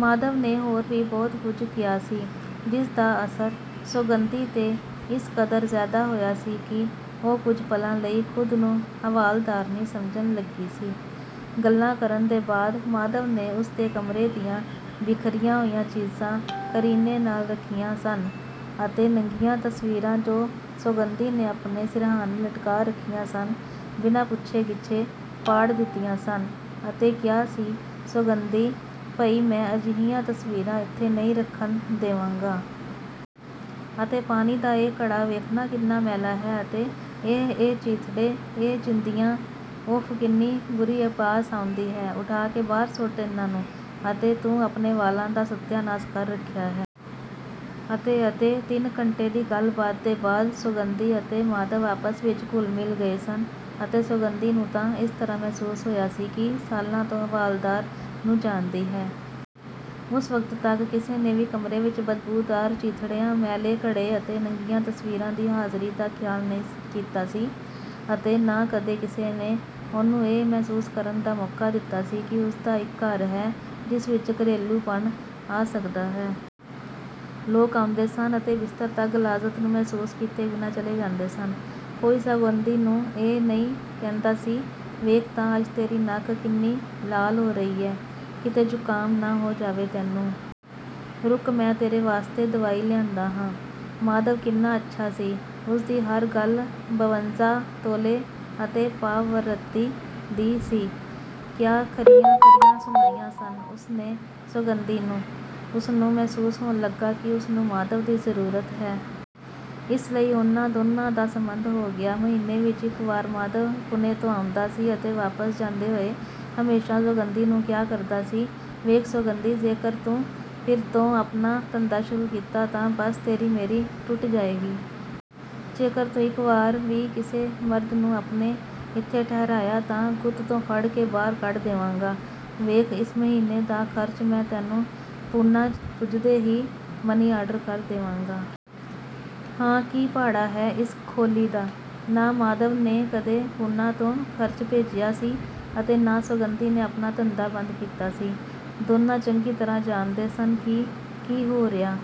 ਮਾਧਵ ਨੇ ਹੋਰ ਵੀ ਬਹੁਤ ਕੁੱਝ ਕਿਹਾ ਸੀ, ਜਿਸਦਾ ਅਸਰ ਸੌਗੰਧੀ ਤੇ ਇਸ ਕਦਰ ਜ਼ਿਆਦਾ ਹੋਇਆ ਸੀ ਕਿ ਉਹ ਕੁਝ ਪਲਾਂ ਲਈ ਖ਼ੁਦ ਨੂੰ ਹਵਾਲਦਾਰਨੀ ਸਮਝਣ ਲੱਗੀ ਸੀ। ਗੱਲਾਂ ਕਰਨ ਦੇ ਬਾਅਦ ਮਾਧਵ ਨੇ ਉਸਦੇ ਕਮਰੇ ਦੀਆਂ ਬਿਖਰੀਆਂ ਹੋਈਆਂ ਚੀਜ਼ਾਂ ਕਰੀਨੇ ਨਾਲ਼ ਰੱਖੀਆਂ ਸਨ ਅਤੇ ਨੰਗੀਆਂ ਤਸਵੀਰਾਂ ਜੋ ਸੌਗੰਧੀ ਨੇ ਆਪਣੇ ਸਿਰਹਾਨੇ ਲਟਕਾ ਰੱਖੀਆਂ ਸਨ, ਬਿਨਾਂ ਪੁੱਛੇ-ਗਿਛੇ ਪਾੜ ਦਿੱਤੀਆਂ ਸਨ ਅਤੇ ਕਿਹਾ ਸੀ, “ਸੌਗੰਧੀ, ਭਈ ਮੈਂ ਅਜਿਹੀਆਂ ਤਸਵੀਰਾਂ ਇੱਥੇ ਨਹੀਂ ਰੱਖਣ ਦੇਵਾਂਗਾ। ਅਤੇ ਪਾਣੀ ਦਾ ਇਹ ਘੜਾ, ਵੇਖਣਾ ਕਿੰਨਾ ਮੈਲਾ ਹੈ ਅਤੇ ਇਹ, ਇਹ ਚੀਥੜੇ, ਇਹ ਚਿੰਦੀਆਂ, ਉਫ਼, ਕਿੰਨੀ ਬੁਰੀ ਬਾਸ ਆਉਂਦੀ ਹੈ, ਉਠਾ ਕੇ ਬਾਹਰ ਸੁੱਟ ਇਨ੍ਹਾਂ ਨੂੰ। ਅਤੇ ਤੂੰ ਆਪਣੇ ਵਾਲ਼ਾਂ ਦਾ ਸਤਿਆਨਾਸ ਕਰ ਰੱਖਿਆ ਹੈ। ਅਤੇ, ਅਤੇ।” ਤਿੰਨ ਘੰਟੇ ਦੀ ਗੱਲਬਾਤ ਦੇ ਬਾਅਦ ਸੌਗੰਧੀ ਅਤੇ ਮਾਧਵ ਆਪਸ ਵਿੱਚ ਘੁਲ਼ ਮਿਲ਼ ਗਏ ਸਨ ਅਤੇ ਸੌਗੰਧੀ ਨੂੰ ਤਾਂ ਇਸ ਤਰ੍ਹਾਂ ਮਹਿਸੂਸ ਹੋਇਆ ਸੀ ਕਿ ਸਾਲਾਂ ਤੋਂ ਹਵਾਲਦਾਰ ਨੂੰ ਜਾਣਦੀ ਹੈ। ਉਸ ਵਕਤ ਤੱਕ ਕਿਸੇ ਨੇ ਵੀ ਕਮਰੇ ਵਿੱਚ ਬਦਬੂਦਾਰ ਚੀਥੜਿਆਂ, ਮੈਲੇ ਘੜੇ ਅਤੇ ਨੰਗੀਆਂ ਤਸਵੀਰਾਂ ਦੀ ਹਾਜ਼ਰੀ ਦਾ ਖ਼ਿਆਲ ਨਹੀਂ ਕੀਤਾ ਸੀ ਅਤੇ ਨਾ ਕਦੇ ਕਿਸੇ ਨੇ ਉਹਨੂੰ ਇਹ ਮਹਿਸੂਸ ਕਰਨ ਦਾ ਮੌਕਾ ਦਿੱਤਾ ਸੀ ਕਿ ਉਸਦਾ ਇੱਕ ਘਰ ਹੈ ਜਿਸ ਵਿੱਚ ਘਰੇਲੂਪਣ ਆ ਸਕਦਾ ਹੈ। ਲੋਕ ਆਉਂਦੇ ਸਨ ਅਤੇ ਬਿਸਤਰ ਤੱਕ ਗ਼ਲਾਜ਼ਤ ਨੂੰ ਮਹਿਸੂਸ ਕੀਤੇ ਬਿਨਾਂ ਚਲੇ ਜਾਂਦੇ ਸਨ। ਕੋਈ ਸੌਗੰਧੀ ਨੂੰ ਇਹ ਨਹੀਂ ਕਹਿੰਦਾ ਸੀ, “ਵੇਖ ਤਾਂ ਅੱਜ ਤੇਰੀ ਨੱਕ ਕਿੰਨੀ ਲਾਲ਼ ਹੋ ਰਹੀ ਹੈ, ਕਿਤੇ ਜੁਕਾਮ ਨਾ ਹੋ ਜਾਵੇ ਤੈਨੂੰ। ਰੁੱਕ ਮੈਂ ਤੇਰੇ ਵਾਸਤੇ ਦਵਾਈ ਲਿਆਂਦਾ ਹਾਂ।” ਮਾਧਵ ਕਿੰਨਾ ਅੱਛਾ ਸੀ, ਉਸਦੀ ਹਰ ਗੱਲ ਬਵੰਜਾ ਤੋਲੇ ਅਤੇ ਪਾਵ-ਰੱਤੀ ਦੀ ਸੀ। ਕਿਆ ਖਰੀਆਂ ਖਰੀਆਂ ਸੁਣਾਈਆਂ ਸਨ ਉਸਨੇ ਸੌਗੰਧੀ ਨੂੰ। ਉਸਨੂੰ ਮਹਿਸੂਸ ਹੋਣ ਲੱਗਾ ਕਿ ਉਸਨੂੰ ਮਾਧਵ ਦੀ ਜ਼ਰੂਰਤ ਹੈ। ਇਸ ਲਈ ਉਨ੍ਹਾਂ ਦੋਨਾਂ ਦਾ ਸੰਬੰਧ ਹੋ ਗਿਆ। ਮਹੀਨੇ ਵਿੱਚ ਇੱਕ ਵਾਰ ਮਾਧਵ ਪੂਨੇ ਤੋਂ ਆਉਂਦਾ ਸੀ ਅਤੇ ਵਾਪਸ ਜਾਂਦੇ ਹੋਏ ਹਮੇਸ਼ਾ ਸੌਗੰਧੀ ਨੂੰ ਕਿਹਾ ਕਰਦਾ ਸੀ, “ਵੇਖ ਸੌਗੰਧੀ! ਜੇਕਰ ਤੂੰ ਫਿਰ ਤੋਂ ਆਪਣਾ ਧੰਦਾ ਸ਼ੁਰੂ ਕੀਤਾ ਤਾਂ ਬਸ ਤੇਰੀ ਮੇਰੀ ਟੁੱਟ ਜਾਏਗੀ। ਜੇਕਰ ਤੂੰ ਇੱਕ ਵਾਰ ਵੀ ਕਿਸੇ ਮਰਦ ਨੂੰ ਆਪਣੇ ਇੱਥੇ ਠਹਿਰਾਇਆ ਤਾਂ ਗੁੱਤ ਤੋਂ ਫੜ ਕੇ ਬਾਹਰ ਕੱਢ ਦੇਵਾਂਗਾ। ਵੇਖ ਇਸ ਮਹੀਨੇ ਦਾ ਖ਼ਰਚ ਮੈਂ ਤੈਨੂੰ ਪੂਨਾ ਪੁੱਜਦੇ ਹੀ ਮਨੀ ਆਰਡਰ ਕਰ ਦੇਵਾਂਗਾ। ਹਾਂ, ਕੀ ਭਾੜਾ ਹੈ ਇਸ ਖੋਲੀ ਦਾ।” ਨਾ ਮਾਧਵ ਨੇ ਕਦੇ ਪੂਨਾ ਤੋਂ ਖ਼ਰਚ ਭੇਜਿਆ ਸੀ ਅਤੇ ਨਾ ਸੌਗੰਧੀ ਨੇ ਆਪਣਾ ਧੰਦਾ ਬੰਦ ਕੀਤਾ ਸੀ। ਦੋਨਾਂ ਚੰਗੀ ਤਰ੍ਹਾਂ ਜਾਣਦੇ ਸਨ ਕਿ ਕੀ ਹੋ ਰਿਹਾ।